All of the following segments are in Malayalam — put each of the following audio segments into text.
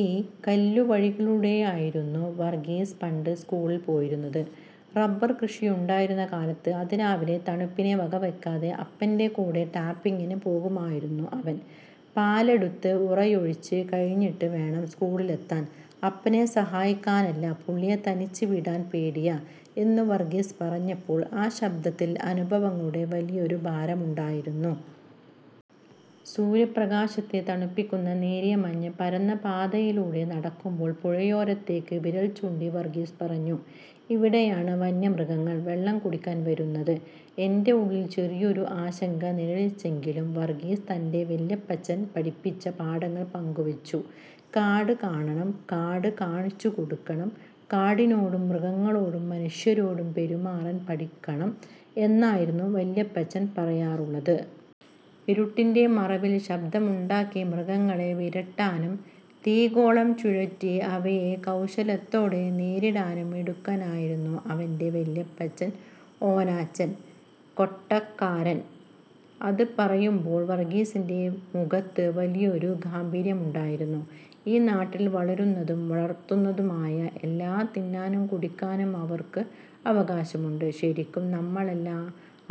ഈ കല്ലുവഴികളിലൂടെയായിരുന്നു വർഗീസ് പണ്ട് സ്കൂളിൽ പോയിരുന്നത്. റബ്ബർ കൃഷിയുണ്ടായിരുന്ന കാലത്ത്, അതിരാവിലെ തണുപ്പിനെ വകവെക്കാതെ അപ്പന്റെ കൂടെ ടാപ്പിംഗിന് പോകുമായിരുന്നു അവൻ. പാലെടുത്ത് ഉറയൊഴിച്ചു കഴിഞ്ഞിട്ട് വേണം സ്കൂളിലെത്താൻ. "അപ്പനെ സഹായിക്കാനല്ല, പുള്ളിയെ തനിച്ച് വിടാൻ പേടിയാ... " എന്ന് വർഗീസ് പറഞ്ഞപ്പോൾ ആ ശബ്ദത്തിൽ അനുഭവങ്ങളുടെ വലിയൊരു ഭാരമുണ്ടായിരുന്നു. സൂര്യപ്രകാശത്തെ തണുപ്പിക്കുന്ന നേരിയ മഞ്ഞ് പരന്ന പാതയിലൂടെ നടക്കുമ്പോൾ പുഴയോരത്തേക്ക് വിരൽചൂണ്ടി വർഗീസ് പറഞ്ഞു: "ഇവിടെയാണ് വന്യമൃഗങ്ങൾ വെള്ളം കുടിക്കാൻ വരുന്നത്. "। എന്റെ ഉള്ളിൽ ചെറിയൊരു ആശങ്ക നിഴലിച്ചെങ്കിലും വർഗീസ് തന്റെ വല്യപ്പച്ചൻ പഠിപ്പിച്ച പാഠങ്ങൾ പങ്കുവെച്ചു. "കാട് കാണണം, കാട് കാണിച്ചുകൊടുക്കണം. കാടിനോടും മൃഗങ്ങളോടും മനുഷ്യരോടും പെരുമാറാൻ പഠിക്കണം എന്നായിരുന്നു വല്യപ്പച്ചൻ പറയാറുള്ളത്. " ഇരുട്ടിന്റെ മറവിൽ ശബ്ദമുണ്ടാക്കി മൃഗങ്ങളെ വിരട്ടാനും തീഗോളം ചുഴറ്റി അവയെ കൗശലത്തോടെ നേരിടാനും മിടുക്കനായിരുന്നു അവന്റെ വല്യപ്പച്ചൻ ഓനാച്ചൻ കൊട്ടക്കാരൻ. അത് പറയുമ്പോൾ വർഗീസിന്റെ മുഖത്ത് വലിയൊരു ഗാംഭീര്യമുണ്ടായിരുന്നു. "ഈ നാട്ടിൽ വളരുന്നതും വളർത്തുന്നതുമായ എല്ലാം തിന്നാനും കുടിക്കാനും അവർക്കും അവകാശമുണ്ട്. ശരിക്കും നമ്മളല്ലേ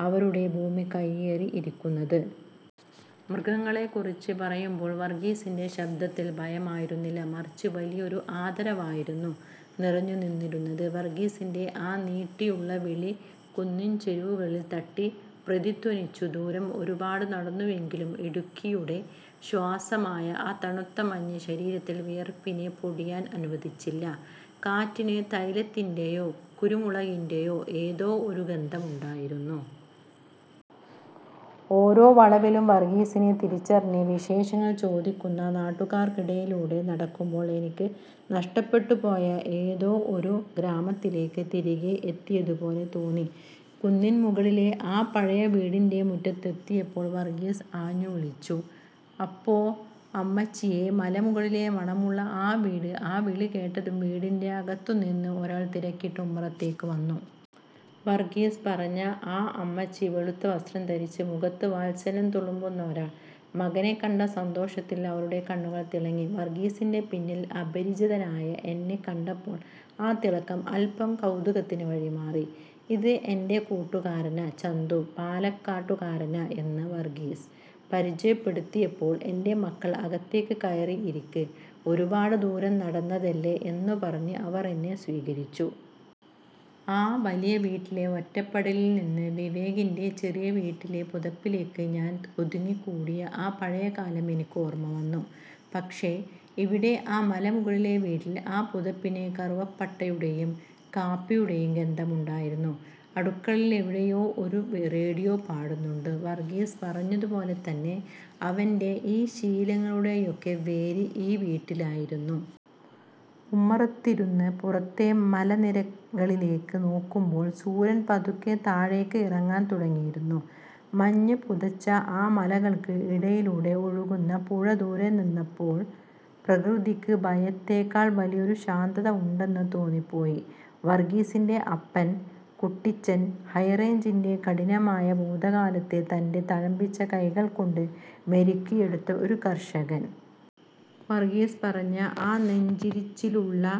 അവരുടെ ഭൂമി കയ്യേറി ഇരിക്കുന്നത്? " മൃഗങ്ങളെക്കുറിച്ച് പറയുമ്പോൾ വർഗീസിന്റെ ശബ്ദത്തിൽ ഭയമായിരുന്നില്ല, മറിച്ച് വലിയൊരു ആദരവായിരുന്നു നിറഞ്ഞുനിന്നിരുന്നത്. വർഗീസിന്റെ ആ നീട്ടിയുള്ള വിളി കുന്നിൻചെരുവുകളിൽ തട്ടി പ്രതിധ്വനിച്ചു. ദൂരം ഒരുപാട് നടന്നുവെങ്കിലും, ഇടുക്കിയുടെ ശ്വാസമായ ആ തണുത്ത മഞ്ഞ് ശരീരത്തിൽ വിയർപ്പിനെ പൊടിയാൻ അനുവദിച്ചില്ല. കാറ്റിന് തൈലത്തിന്റെയോ കുരുമുളകിന്റെയോ ഏതോ ഒരു ഗന്ധമുണ്ടായിരുന്നു. ഓരോ വളവിലും വർഗീസിനെ തിരിച്ചറിഞ്ഞ് വിശേഷങ്ങൾ ചോദിക്കുന്ന നാട്ടുകാർക്കിടയിലൂടെ നടക്കുമ്പോൾ, എനിക്ക് നഷ്ടപ്പെട്ടുപോയ ഏതോ ഒരു ഗ്രാമത്തിലേക്ക് തിരികെ എത്തിയതുപോലെ തോന്നി. കുന്നിൻ മുകളിലെ ആ പഴയ വീടിന്റെ മുറ്റത്തെത്തിയപ്പോൾ വർഗീസ് ആഞ്ഞുവിളിച്ചു: "അപ്പോ.... അമ്മച്ചിയേ....! " മലമുകളിലെ മണമുള്ള വീട് ആ വിളി കേട്ടതും വീടിന്റെ അകത്തുനിന്ന് ഒരാൾ തിരക്കിട്ട് ഉമ്മറത്തേക്ക് വന്നു. വർഗീസ് പറഞ്ഞ ആ അമ്മച്ചി! വെളുത്ത വസ്ത്രം ധരിച്ച, മുഖത്ത് വാത്സല്യം തുളുമ്പുന്ന ഒരാൾ. മകനെ കണ്ട സന്തോഷത്തിൽ അവരുടെ കണ്ണുകൾ തിളങ്ങി. വർഗീസിന്റെ പിന്നിൽ അപരിചിതനായ എന്നെ കണ്ടപ്പോൾ ആ തിളക്കം അല്പം കൗതുകത്തിന് വഴിമാറി. "ഇത് എന്റെ കൂട്ടുകാരനാ ചന്തു. പാലക്കാട്ടുകാരനാ... " എന്ന് വർഗീസ് പരിചയപ്പെടുത്തിയപ്പോൾ, "എന്റെ മക്കൾ അകത്തേക്ക് കയറി ഇരിക്ക്, ഒരുപാട് ദൂരം നടന്നതല്ലേ " എന്നുപറഞ്ഞ് അവർ എന്നെ സ്വീകരിച്ചു. ആ വലിയ വീട്ടിലെ ഒറ്റപ്പെടലിൽ നിന്ന് വിവേകിന്റെ ചെറിയ വീട്ടിലെ പുതപ്പിലേക്ക് ഞാൻ ഒതുങ്ങിക്കൂടിയ ആ പഴയ കാലം എനിക്ക് ഓർമ്മ വന്നു. പക്ഷേ ഇവിടെ, ഈ മലമുകളിലെ വീട്ടിൽ, ആ പുതപ്പിന് കറുവപ്പട്ടയുടെയും കാപ്പിയുടെയും ഗന്ധമുണ്ടായിരുന്നു. അടുക്കളയിൽ എവിടെയോ ഒരു റേഡിയോ പാടുന്നുണ്ട്. വർഗീസ് പറഞ്ഞതുപോലെ തന്നെ, അവന്റെ ഈ ശീലങ്ങളുടെയൊക്കെ വേര് ഈ വീട്ടിലായിരുന്നു. ഉമ്മറത്തിരുന്ന് പുറത്തെ മലനിരകളിലേക്ക് നോക്കുമ്പോൾ, സൂര്യൻ പതുക്കെ താഴേക്ക് ഇറങ്ങാൻ തുടങ്ങിയിരുന്നു. മഞ്ഞ് പുതച്ച ആ മലകൾക്ക് ഇടയിലൂടെ ഒഴുകുന്ന പുഴ ദൂരെ നിന്നപ്പോൾ പ്രകൃതിക്ക് ഭയത്തേക്കാൾ വലിയൊരു ശാന്തത ഉണ്ടെന്ന് തോന്നിപ്പോയി. വർഗീസിന്റെ അപ്പൻ, കുട്ടിച്ചൻ. ഹൈറേഞ്ചിന്റെ കഠിനമായ ഭൂതകാലത്തെ തന്റെ തഴമ്പിച്ച കൈകൾ കൊണ്ട് മെരുക്കിയെടുത്ത ഒരു കർഷകൻ. വർഗീസ് പറഞ്ഞ ആ 'നെഞ്ചിരിച്ചിലുള്ള'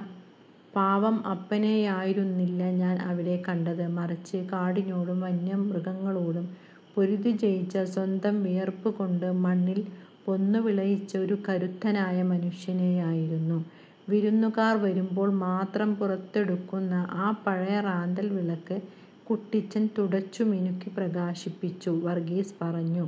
പാവം അപ്പനെയായിരുന്നില്ല ഞാൻ അവിടെ കണ്ടത്. മറിച്ച്, കാടിനോടും വന്യമൃഗങ്ങളോടും പൊരുതി ജയിച്ച, സ്വന്തം വിയർപ്പുകൊണ്ട് മണ്ണിൽ പൊന്നുവിളയിച്ച ഒരു കരുത്തനായ മനുഷ്യനെയായിരുന്നു. വിരുന്നുകാർ വരുമ്പോൾ മാത്രം പുറത്തെടുക്കുന്ന ആ പഴയ റാന്തൽ വിളക്ക് കുട്ടിച്ചൻ തുടച്ചു മിനുക്കി പ്രകാശിപ്പിച്ചു. വർഗീസ് പറഞ്ഞു